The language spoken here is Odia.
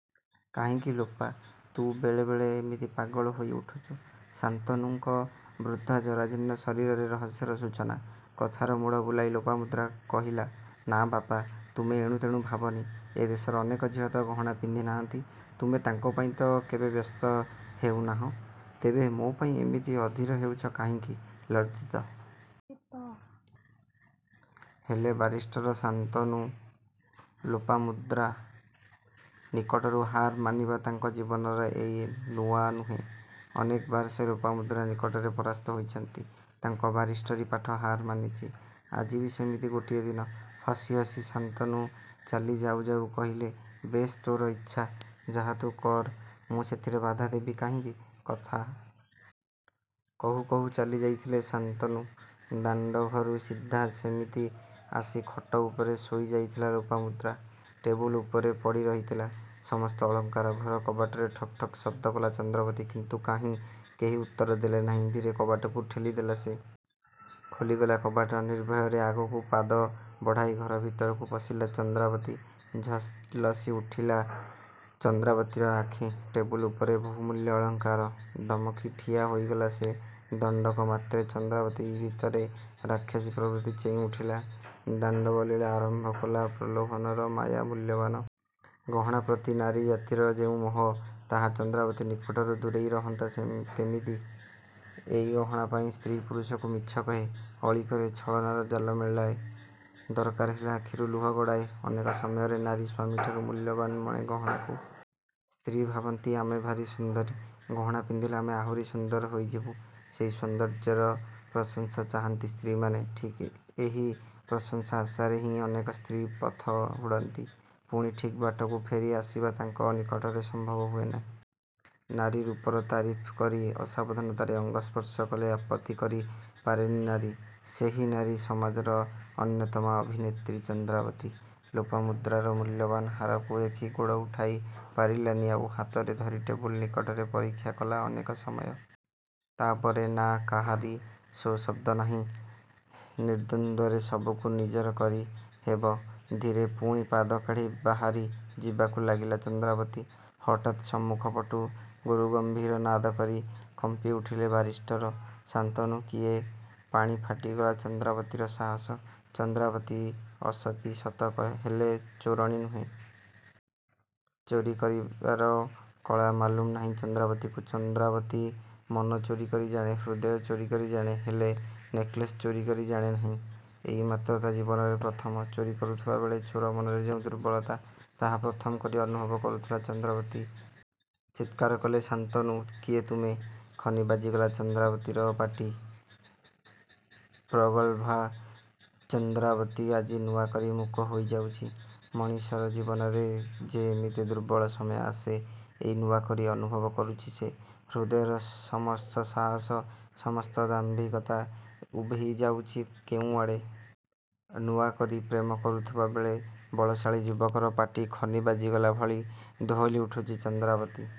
କାହିଁକି ଲୋପା, ତୁ ବେଳେ ବେଳେ ଏମିତି ପାଗଳି ହୋଇ ଉଠୁଛୁ?"ଶାନ୍ତନୁଙ୍କ ବୃଦ୍ଧ ଜରାଜୀର୍ଣ୍ଣ ଶରୀରରେ ରହସ୍ୟର ସୂଚନା। କଥାର ମୋଡ଼ ବୁଲାଇ ଲୋପାମୁଦ୍ରା କହିଲା, "ନାଁ ବାପା! ତୁମେ ଏଣୁ ତେଣୁ ଭାବନି। ଏ ଦେଶର ଅନେକ ଝିଅ ତ ଗହଣା ପିନ୍ଧି ନାହାନ୍ତି, ତୁମେ ତାଙ୍କ ପାଇଁ ତ କେବେ ବ୍ୟସ୍ତ ହେଉନାହଁ, ତେବେ ମୋ ପାଇଁ ଏମିତି ଅଧୀର ହେଉଛ କାହିଁକି?"ଲଜ୍ଜିତ ହେଲେ ବାରିଷ୍ଟର ଶାନ୍ତନୁ। ଲୋପାମୁଦ୍ରା ନିକଟରୁ ହାର ମାନିବା ତାଙ୍କ ଜୀବନରେ ଏ ନୂଆ ନୁହେଁ। ଅନେକବାର ସେ ଲୋପାମୁଦ୍ରା ନିକଟରେ ପରାସ୍ତ ହୋଇଛନ୍ତି, ତାଙ୍କ ବାରିଷ୍ଟରୀ ପାଠ ହାର ମାନିଛି। ଆଜି ବି ସେମିତି ଗୋଟିଏ ଦିନ। ହସି ହସି ଶାନ୍ତନୁ ଚାଲି ଯାଉ ଯାଉ କହିଲେ, "ବେଶ୍, ତୋର ଇଚ୍ଛା ଯାହା ତୁ କର ମୁଁ ସେଥିରେ ବାଧା ଦେବି କାହିଁକି?"କଥା କହୁ କହୁ ଚାଲି ଯାଇଥିଲେ ଶାନ୍ତନୁ। ଦାଣ୍ଡଘରୁ ସିଧା ସେମିତି ଆସି ଖଟ ଉପରେ ଶୋଇ ଯାଇଥିଲା ଲୋପାମୁଦ୍ରା। ଟେବୁଲ ଉପରେ ପଡ଼ି ରହିଥିଲା ସମସ୍ତ ଅଳଙ୍କାର। ଘର କବାଟରେ ଠକ୍ ଠକ୍ ଶବ୍ଦ କଲା ଚନ୍ଦ୍ରାବତୀ। କିନ୍ତୁ କାହିଁ, କେହି ଉତ୍ତର ଦେଲେ ନାହିଁ। ଧୀରେ କବାଟକୁ ଠେଲିଦେଲା ସେ। ଖୋଲିଗଲା କବାଟ। ନିର୍ଭୟରେ ଆଗକୁ ପାଦ ବଢ଼ାଇ ଘର ଭିତରକୁ ପଶିଲା ଚନ୍ଦ୍ରାବତୀ। ଝଲସି ଉଠିଲା ଚନ୍ଦ୍ରାବତୀର ଆଖି... ଟେବୁଲ ଉପରେ ବହୁମୂଲ୍ୟ ଅଳଙ୍କାର! ଦମକି ଠିଆ ହୋଇଗଲା ସେ। ଦଣ୍ଡକ ମାତ୍ରେ ଚନ୍ଦ୍ରାବତୀ ଭିତରେ ରାକ୍ଷସୀ ପ୍ରବୃତ୍ତି ଚେଇଁ ଉଠିଲା। ତାଣ୍ଡବଲୀଳା ଆରମ୍ଭ କଲା ପ୍ରଲୋଭନର ମାୟା। ମୂଲ୍ୟବାନ ଗହଣା ପ୍ରତି ନାରୀ ଜାତିର ଯେଉଁ ମୋହ, ତାହା ଚନ୍ଦ୍ରାବତୀ ନିକଟରୁ ଦୂରେଇ ରହନ୍ତା କେମିତି? ଏଇ ଗହଣା ପାଇଁ ସ୍ତ୍ରୀ, ପୁରୁଷକୁ ମିଛ କହେ ଅଳି କରେ ଛଳନାର ଜାଲ ମେଲାଏ, ଦରକାର ହେଲେ ଆଖିରୁ ଲୁହ ଗଡ଼ାଏ। ଅନେକ ସମୟରେ ନାରୀ ସ୍ୱାମୀଠାରୁ ମୂଲ୍ୟବାନ ମଣେ ଗହଣାକୁ। ସ୍ତ୍ରୀ ଭାବନ୍ତି, "ଆମେ ଭାରି ସୁନ୍ଦରୀ, ଗହଣା ପିନ୍ଧିଲେ ଆମେ ଆହୁରି ସୁନ୍ଦର ହୋଇଯିବୁ।" ସେଇ ସୌନ୍ଦର୍ଯ୍ୟର ପ୍ରଶଂସା ଚାହାନ୍ତି ସ୍ତ୍ରୀମାନେ। ଠିକ୍ ଏହି ପ୍ରଶଂସା ଆଶାରେ ହିଁ ଅନେକ ସ୍ତ୍ରୀ ପଥ ହୁଡ଼ନ୍ତି। ପୁଣି ଠିକ୍ ବାଟକୁ ଫେରି ଆସିବା ତାଙ୍କ ନିକଟରେ ସମ୍ଭବ ହୁଏନାହିଁ। ନାରୀ ରୂପର ତାରିଫ୍ କରି ଅସାବଧାନତାରେ ଅଙ୍ଗ ସ୍ପର୍ଶ କଲେ ଆପତ୍ତି କରି ପାରେନି ନାରୀ। ସେହି ନାରୀ ସମାଜର ଅନ୍ୟତମା ଅଭିନେତ୍ରୀ ଚନ୍ଦ୍ରାବତୀ। ଲୋପାମୁଦ୍ରାର ମୂଲ୍ୟବାନ୍ ହାରକୁ ଦେଖି ଗୋଡ଼ ଉଠାଇ ପାରିଲାନି ଆଉ। ହାତରେ ଧରି ଟେବୁଲ୍ ନିକଟରେ ପରୀକ୍ଷା କଲା ଅନେକ ସମୟ। ତା'ପରେ... ନା, କାହାରି ସୋ-ଶବ୍ଦ ନାହିଁ, ନିର୍ଦ୍ଦନ୍ଦ୍ୱରେ ସବୁକୁ ନିଜର କରି ହେବ। ଧୀରେ ପୁଣି ପାଦ କାଢ଼ି ବାହାରି ଯିବାକୁ ଲାଗିଲା ଚନ୍ଦ୍ରାବତୀ। ହଠାତ୍ ସମ୍ମୁଖପଟୁ ଗୁରୁଗମ୍ଭୀର ନାଦ କରି କମ୍ପିଉଠିଲେ ବାରିଷ୍ଟର ଶାନ୍ତନୁ, କିଏ? ପାଣି ଫାଟିଗଲା ଚନ୍ଦ୍ରାବତୀର ସାହସ। ଚନ୍ଦ୍ରାବତୀ ଅସତୀ ସତ, ହେଲେ ଚୋରଣୀ ନୁହେଁ। ଚୋରି କରିବାର କଳା ମାଲୁମ ନାହିଁ ଚନ୍ଦ୍ରାବତୀକୁ। ଚନ୍ଦ୍ରାବତୀ ମନ ଚୋରି କରି ଜାଣେ, ହୃଦୟ ଚୋରି କରି ଜାଣେ, ହେଲେ ନେକ୍ଲେସ୍ ଚୋରି କରି ଜାଣେ ନାହିଁ। ଏଇ ମାତ୍ର ତା' ଜୀବନରେ ପ୍ରଥମ। ଚୋରି କରୁଥିବା ବେଳେ ଚୋର ମନରେ ଯେଉଁ ଦୁର୍ବଳତା, ତାହା ପ୍ରଥମ କରି ଅନୁଭବ କରୁଥିଲା ଚନ୍ଦ୍ରାବତୀ। ପୁଣି ଚିତ୍କାର କଲେ ଶାନ୍ତନୁ, "କିଏ ତୁମେ?"ଖନି ବାଜିଗଲା ଚନ୍ଦ୍ରାବତୀର ପାଟି। ପ୍ରଗଳ୍ଭା ଚନ୍ଦ୍ରାବତୀ ଆଜି ନୂଆକରି ମୂକ ହୋଇଯାଉଛି। ମଣିଷର ଜୀବନରେ ଯେ ଏମିତି ଦୁର୍ବଳ ସମୟ ଆସେ, ଏଇ ନୂଆକରି ଅନୁଭବ କରୁଛି ସେ। ହୃଦୟର ସମସ୍ତ ସାହସ, ସମସ୍ତ ଦାମ୍ଭିକତା ଉଭେଇ ଯାଉଛି କେଉଁଆଡ଼େ। ନୂଆ କରି ପ୍ରେମ କରୁଥିବା ବେଳେ ବଳଶାଳୀ ଯୁବକର ପାଟି ଖନି ବାଜିଗଲା ଭଳି, ଦୋହଲି ଉଠୁଛି ଚନ୍ଦ୍ରାବତୀ।